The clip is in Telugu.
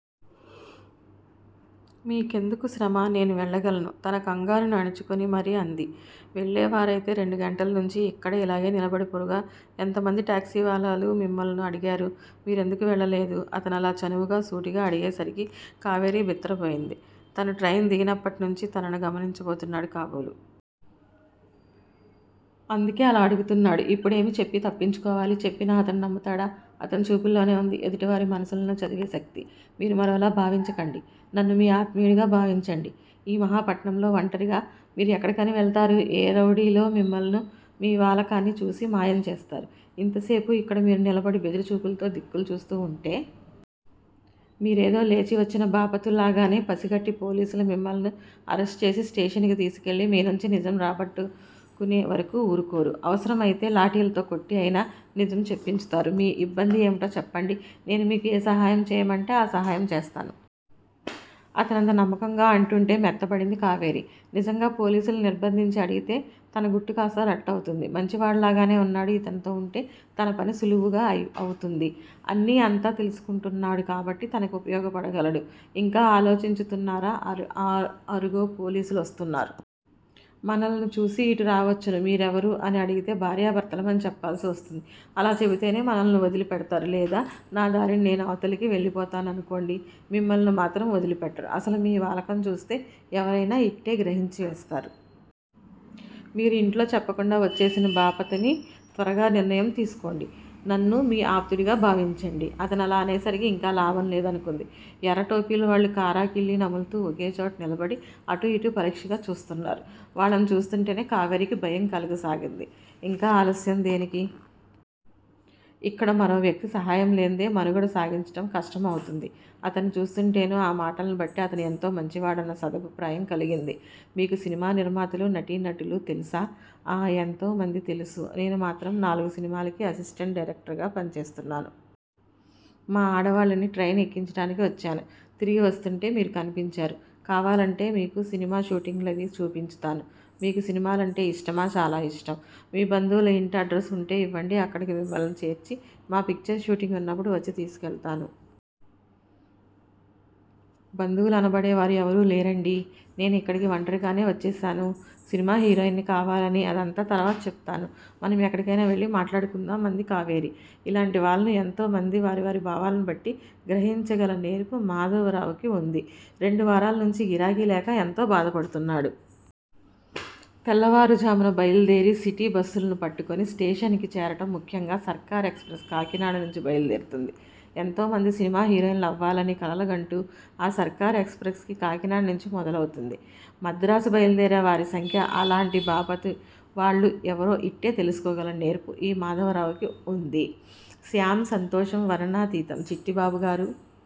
మీకెందుకు శ్రమ! నేను వెళ్ళగలను! తన కంగారుని అణుచుకుని మరీ అంది. వెళ్ళేవారయితే రెండు గంటల నుంచీ యిక్కడే ఇలాగే నిలబడిపోరుగా? ఎంతమంది టాక్సీవాలాలు మిమ్ములను అడిగారు? మీరెందుకు వెళ్ళలేదూ? అతనలా చనువుగా సూటిగా అడిగే సరికి కావేరి బిత్తరపోయింది. తను ట్రైన్ దిగినప్పటినుంచీ తనను గమనించబోతున్నాడు కాబోలు! అందుకే అలా అడుగుతున్నాడు? ఇప్పుడేమి చెప్పి తప్పించుకోవాలి? చెప్పినా అతను నమ్ముతాడా? అతని చూపుల్లోనే వుంది ఎదుటి వారి మనసులను చదివే శక్తి! మీరు మరోలా భావించకండి! నన్ను మీ ఆత్మీయుడుగా భావించండి! ఈ మహాపట్నంలో వంటరిగా మీరు ఎక్కడకని వెళతారు? ఏ రౌడీలో మిమ్ములను, మీ వాలకాన్ని చూసి మాయం చేస్తారు ఇంతసేపు యిక్కడ మీరు నిలబడి బెదురుచూపులుతో దిక్కులు చూస్తూ ఉంటే? మీరేదో లేచివచ్చిన బాపతులాగానే పసిగట్టి పోలీసులు మిమ్ములను అరెస్టు చేసి స్టేషన్ కి తీసుకువెళ్ళి మీ నుంచి నిజం రాబట్టు కునే వరకూ ఊరుకోరు! అవసరం అయితే లాఠీలతో కొట్టి అయినా నిజం చెప్పించుతారు మీ యిబ్బంది ఏమిటో చెప్పండి! నేను మీకు ఏ సహాయము చేయమంటే ఆ సహాయం చేస్తాను! అతనంత నమ్మకంగా అంటుంటే మెత్తబడింది కావేరి! నిజంగా పోలీసులు నిర్బంధించి అడిగితే తన గుట్టు కాస్తా రట్టు అవుతుంది. మంచివాడులాగానే వున్నాడు. యితనితో వుంటే తన పని సులువుగా అవుతుంది. అన్నీ, అంతా తెలుసుకుంటున్నాడు కాబట్టి తనకి ఉపయోగపడగలడు. యింకా ఆలోచించుతున్నారా? అరుగో పోలీసులు వస్తున్నారు. మనలను చూసి యిటు రావచ్చును మీరెవరూ? అని అడిగితే భార్యాభర్తలం అని చెప్పాల్సి వస్తుంది. అలా చెపితేనే మనలను వదిలి పెడతారు. లేదా నా దారిన నేను అవతలికి వెళ్ళిపోతాననుకోండి! మిమ్ములను మాత్రం వదిలిపెట్టరు. అసలు మీ వాలకం చూస్తే ఎవరయినా యిట్టే గ్రహించి వేస్తారు. మీరు ఇంట్లో చెప్పకుండా వచ్చేసిన బాపతనీ! త్వరగా నిర్ణయం తీసుకోండి! నన్ను మీ ఆప్తుడుగా భావించండి! అతనలా అనేసరికి ఇంకా లాభం లేదనుకుంది. ఎర్ర టోపీల వాళ్ళు కారా కిళ్ళీ నములుతూ ఒకేచోట నిలబడి అటుఇటు పరీక్షగా చూస్తున్నారు. వాళ్ళని చూస్తుంటేనే కావేరీకి భయం కలుగసాగింది ఇంకా ఆలస్యం దేనికి? ఇక్కడ మరో వ్యక్తి సహాయం లేనిదే మనుగడ సాగించటం కష్టం అవుతుంది. అతన్ని చూస్తుంటేను, ఆ మాటలను బట్టి అతను ఎంతో మంచివాడన్న సదభిప్రాయం కలిగింది. మీకు సినిమా నిర్మాతలు, నటీ నటులూ తెలుసా? ఆ ఎంతో మంది తెలుసు! నేను మాత్రం నాలుగుసినిమాలకి అసిస్టెంటు డైరెక్టరుగా పనిచేస్తున్నాను. మా ఆడవాళ్ళని ట్రైన్ ఎక్కించటానికి వచ్చాను. తిరిగి వస్తుంటే మీరు కనిపించారు. కావాలంటే మీకు సినీమా షూటింగ్ లవీ చూపించుతాను. మీకు సినిమాలంటే ఇష్టమా? చాలా ఇష్టం! మీ బంధువుల ఇంటి అడ్రసు వుంటే ఇవ్వండి. అక్కడకు మిమ్ములను చేర్చి మా పిక్చర్ షూటింగ్ వున్నప్పుడు వచ్చి తీసుకెళ్తాను. బంధువులనబడేవారు ఎవరూ లేరండీ? నేను ఇక్కడికి వంటరిగానే వచ్చేశాను. సినిమా హీరోయిన్ ని కావాలని! అదంతా తరువాత చెప్పుతాను మనం ఎక్కడికయినా వెళ్ళి మాట్లాడుకుందాం అంది కావేరి. ఇలాంటి వాళ్ళను ఎంతో మంది వారి వారి భావాలను బట్టి గ్రహించగల నేర్పు మాధవరావుకి వుంది. రెండు వారాలనుంచి గిరాకీలేక ఎంతో బాధపడుతున్నాడు. తెల్లవారు ఝామున బయలుదేరి సిటీ బస్సులను పట్టుకుని స్టేషన్ కి చేరటం, ముఖ్యంగా సర్కార్ ఎక్స్ ప్రెస్ కాకినాడ నుంచి బయలు దేరుతుంది. ఎంతోమంది సినిమా హీరోయిన్ లు అవ్వాలని కలలుగంటూ ఆ సర్కార్ ఎక్స్ ప్రెస్ కి కాకినాడనుంచి మొదలవుతుంది మద్రాసు బయలుదేరే వారి సంఖ్య అలాంటి బాపతు వాళ్ళు ఎవరో ఇట్టే తెలుసుకోగల నేర్పు ఈ మాధవరావుకి వుంది. శ్యామ్ సంతోషం వర్ణనాతీతం. చిట్టిబాబుగారూ!